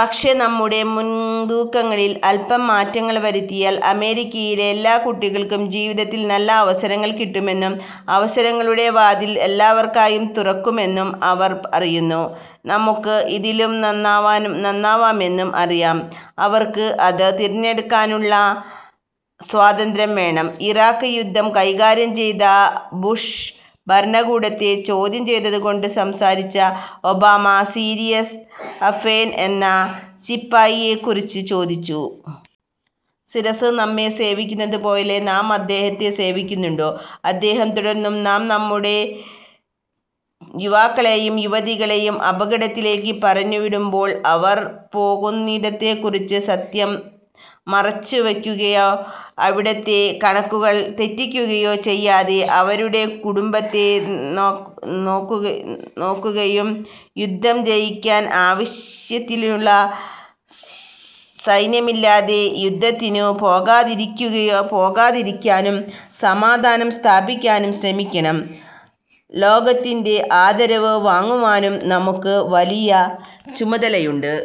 പക്ഷേ നമ്മുടെ മുൻതൂക്കങ്ങളിൽ അല്പം മാറ്റങ്ങൾ വരുത്തിയാൽ അമേരിക്കയിലെ എല്ലാ കുട്ടികൾക്കും ജീവിതത്തിൽ നല്ല അവസരങ്ങൾ കിട്ടുമെന്നും അവസരങ്ങളുടെ വാതിൽ എല്ലാവർക്കായും തുറക്കാമെന്നും അവർ അറിയുന്നു. നമുക്ക് ഇതിലും നന്നാവാമെന്നും അറിയാം. അവർക്ക് അത് തിരഞ്ഞെടുക്കുവാനുള്ള സ്വാതന്ത്രവും വേണം. " ഇറാഖ് യുദ്ധം കൈകാര്യം ചെയ്ത ബുഷ് ഭരണകൂടത്തെ ചോദ്യം ചെയ്തുകൊണ്ട് സംസാരിച്ച ഒബാമ, സീമസ് അഹെർൻ എന്ന ശിപ്പായിയെക്കുറിച്ച് ചോദിച്ചു. "സീമസ് നമ്മെ സേവിക്കുന്നതുപോലെ നാം അദ്ദേഹത്തേ സേവിക്കുന്നുണ്ടോ? " അദ്ദേഹം തുടർന്നു: "നാം നമ്മുടെ യൂവാക്കളേയും യുവതികളേയും അപകടത്തിലേക്ക് പറഞ്ഞു വിടുമ്പോൾ, അവർ പോകുന്നിടത്തേക്കുറിച്ച് സത്യം മറച്ച് വയ്ക്കുകയോ അവിടത്തെ കണക്കുകൾ തെറ്റിക്കുകയോ ചെയ്യാതെ, അവരുടെ കുടുംബത്തെ നോക്കുകയും, യുദ്ധം ജയിക്കാൻ ആവശ്യത്തിനുള്ള സൈന്യമില്ലാതെ യുദ്ധത്തിനു പോകാതിരിക്കാനും, സമാധാനം സ്ഥാപിക്കാനും ശ്രമിക്കണം, ലോകത്തിന്റെ ആദരവ് വാങ്ങുവാനും നമുക്ക് വലിയ ചുമതലയുണ്ട്. "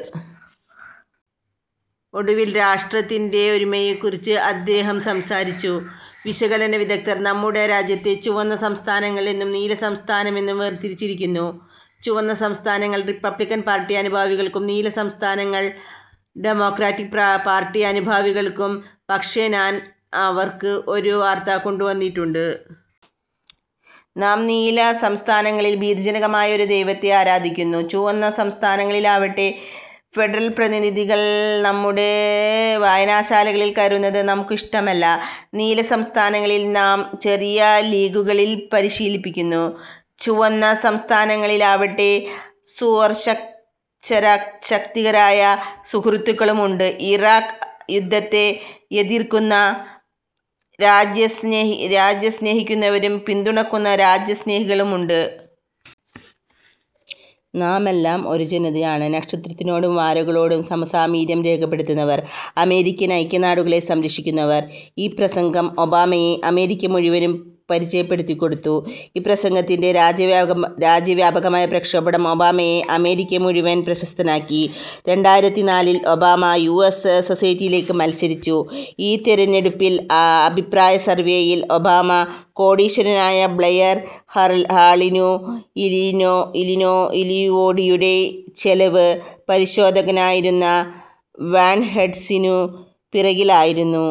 ഒടുവിൽ രാഷ്ട്രത്തിന്റെ ഒരുമയെക്കുറിച്ച് അദ്ദേഹം സംസാരിച്ചു: വിശകലന വിദഗ്ദ്ധർ നമ്മുടെ രാജ്യത്തെ ചുവന്ന സംസ്ഥാനങ്ങൾ എന്നും നീല സംസ്ഥാനങ്ങൾ എന്ന് വേർതിരിച്ചിരിക്കുന്നു; ചുവന്ന സംസ്ഥാനങ്ങൾ റിപ്പബ്ലിക്കൻ പാർട്ടി അനുഭാവികൾക്കും, നീല സംസ്ഥാനങ്ങൾ ഡെമോക്രാറ്റ് പാർട്ടി അനുഭാവികൾക്കും. പക്ഷേ ഞാൻ അവർക്ക് ഒരു വാർത്ത കൊണ്ടുവന്നിട്ടുണ്ട്. നാം നീല സംസ്ഥാനങ്ങളിൽ ഭീതിജനകമായ ഒരു ദൈവത്തെ ആരാധിക്കുന്നു, ചുവന്ന സംസ്ഥാനങ്ങളിലാവട്ടെ ഫെഡറൽ പ്രതിനിധികൾ നമ്മുടെ വായനശാലകളിൽ കയറുന്നത് നമുക്ക് ഇഷ്ടമല്ല. നീല സംസ്ഥാനങ്ങളിൽ നാം ചെറിയ ലീഗുകളിൽ പരിശീലിപ്പിക്കുന്നു, ചുവന്ന സംസ്ഥാനങ്ങളിൽ ആവട്ടെ സ്വവർഗരതിക്കാരായ സുഹ്രുത്തുക്കളും ഉണ്ട്. ഇറാഖ് യുദ്ധത്തെ എതിർക്കുന്ന രാജ്യസ്നേഹിക്കുന്നവരും പിന്തുണക്കുന്ന രാജ്യസ്നേഹികളും ഉണ്ട്. നാം എല്ലാം ഒരു ജനമാണ്, നക്ഷത്രത്തിനോടും വരകളോടും സൗഹാർദം രേഖപ്പെടുത്തുന്നവർ, അമേരിക്കൻ ഐക്യനാടുകളെ സംരക്ഷിക്കുന്നവർ. ഈ പ്രസംഗം ഒബാമയെ അമേരിക്ക മുഴുവനും പരിചയപ്പെടുത്തിക്കൊടുത്തു. ഈ പ്രസംഗത്തിന്റെ രാജ്യവ്യാപകമായ പ്രക്ഷേപണം ഒബാമയെ അമേരിക്ക മുഴുവൻ പ്രശസ്തനാക്കി. " രണ്ടായിരത്തിനാലിൽ, ഒബാമ യു. എസ്. സെനറ്റിലേക്ക് മത്സരിച്ചു. ഈ തിരഞ്ഞെടുപ്പിന്റെ അഭിപ്രായ സർവേയിൽ ഒബാമ കോടീശ്വരനായ ബ്ലെയർ ഹളിനും ഇല്ലിനോയിയുടെ ചെലവ് പരിശോധകനായിരുന്ന ഡാൻ ഹൈൻസിനും പിറകിലായിരുന്നു.